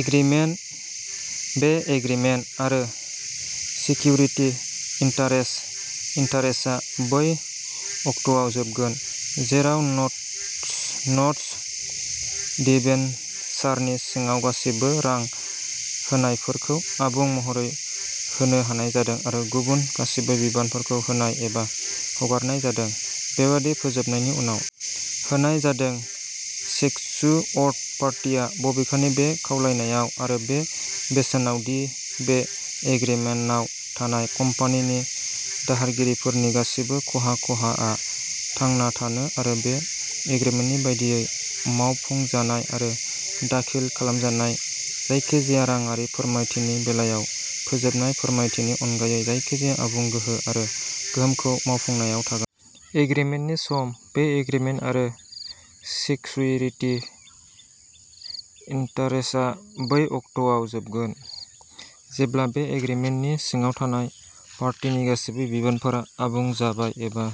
Agreement. बे agreement आरो security interest इन्टारेस्टआ बै अक्ट'आव जोबगोन, जेराव नटस डिबेन्चारनि सिङाव गासिबो रां होनायफोरखौ आबुं महरै होनो हानाय जादों आरो गुबुन गासिबो बिबानफोरखौ होनाय एबा हगारनाय जादों। बेबादि फोजोबनायनि उनाव; होनाय जादों, सेक्युअर्ड पार्टिआ, बबेखानि, बे खावलायनायाव आरो बे बेसेनाव दि बे एग्रीमेन्टाव थानाय कम्पानिनि दाहारगिरिफोरनि गासिबो खहा-खहा आ थांना थागोन आरो बे एग्रीमेन्टनि बायदियै मावफुंजानाय आरो दाखिल खालामजानाय जायखिजाया राङारि फोरमायथिनि बेलायाव फोजोबनाय फोरमायथिनि अनगायै जायखिजाया आबुं गोहो आरो गोहोमखौ मावफुंनायाव थागोन। एग्रीमेन्टनि सम। बे एग्रीमेन्ट आरो सेक्युरिटि इन्टारेस्टआ बै अक्ट'आव जोबगोन, जेब्ला बे एग्रीमेन्टनि सिङाव थानाय पार्टिनि गासिबो बिबानफोरा आबुं जाबाय एबा,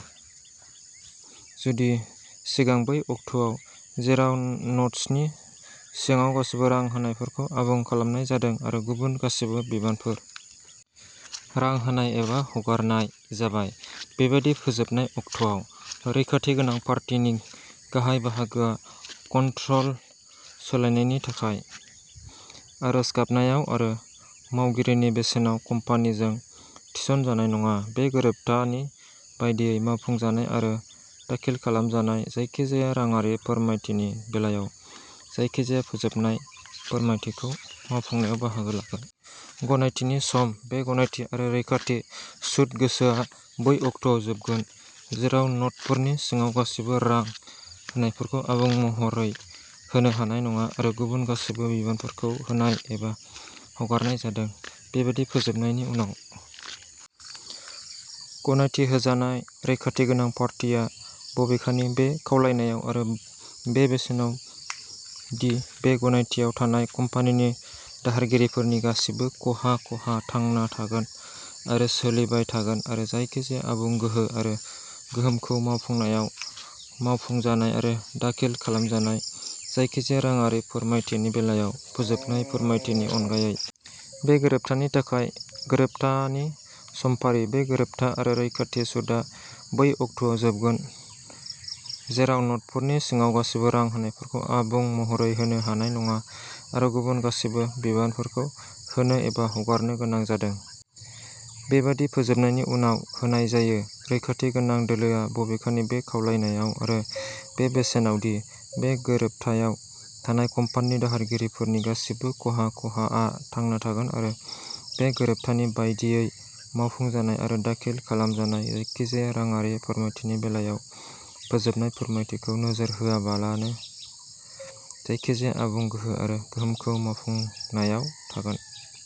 जुदि सिगां, बै अक्ट'आव, जेराव नटसनि सिङाव गासिबो रां होनायफोरखौ आबुं खालामनाय जादों आरो गुबुन गासिबो बिबानफोर। रां होनाय एबा हगारनाय जाबाय। बेबादि फोजोबनाय अक्ट'आव, रैखाथि गोनां पार्टिनि गाहाय बाहागोआ कन्ट्र'ल सोलायनायनि थाखाय, आर'ज गाबनायाव आरो मावगिरिनि बेसेनाव कम्पानिजों थिसनजानाय नङा, बे गोरोबथानि बायदियै मावफुंजानाय आरो दाखिल खालामजानाय जायखिजाया राङारि फोरमायथिनि बेलायाव जायखिजाया फोजोबनाय फोरमायथिखौ मावफुंनायाव बाहागो लागोन। गनायथिनि सम। बे गनायथि आरो रैखाथि सुद गोसोआ बै अक्ट'आव जोबगोन जेराव नटफोरनि सिङाव गासिबो रां होनायफोरखौ आबुं महरै होनो हानाय नङा आरो गुबुन गासैबो बिबानफोरखौ होनाय एबा हगारनाय जादों। बेबादि फोजोबनायनि उनाव; गनायथि होजानाय, रैखाथि गोनां पार्टिआ, बबेखानि, बे खावलायनायाव आरो बे बेसेनाव दि बे गनायथियाव थानाय कम्पानिनि दाहारगिरिफोरनि गासिबो खहा-खहा थांना थागोन आरो सोलिबाय थागोन आरो जायखिजाया आबुं गोहो आरो गोहोमखौ मावफुंनायाव, मावफुंजानाय आरो दाखिल खालामजानाय जायखिजाया राङारि फोरमायथिनि बेलायाव फोजोबनाय फोरमायथिनि अनगायै। बे गोरोबथानि थाखाय। गोरोबथानि समफारि। बे गोरोबथा आरो रैखाथि सुदआ बै अक्ट'आव जोबगोन जेराव नटफोरनि सिङाव गासिबो रां होनायफोरखौ आबुं महरै होनो हानाय नङा आरो गुबुन गासिबो बिबानफोरखौ होनो एबा हगारनो गोनां जादों। बेबादि फोजोबनायनि उनाव; होनाय जायो, रैखाथि गोनां दोलोआ, बबेखानि, बे खावलायनायाव आरो बे बेसेनाव दि बे गोरोबथायाव थानाय कम्पानिनि दाहारगिरिफोरनि गासिबो खहा-खहा आ थांना थागोन आरो बे गोरोबथानि बायदियै मावफुंजानाय आरो दाखिल खालामजानाय जायखिजाया राङारि फोरमायथिनि बेलायाव फोजोबनाय फोरमायथिखौ नोजोर होआलाबानो जायखिजाया आबुं गोहो आरो गोहोमखौ मावफुंनायाव थागोन।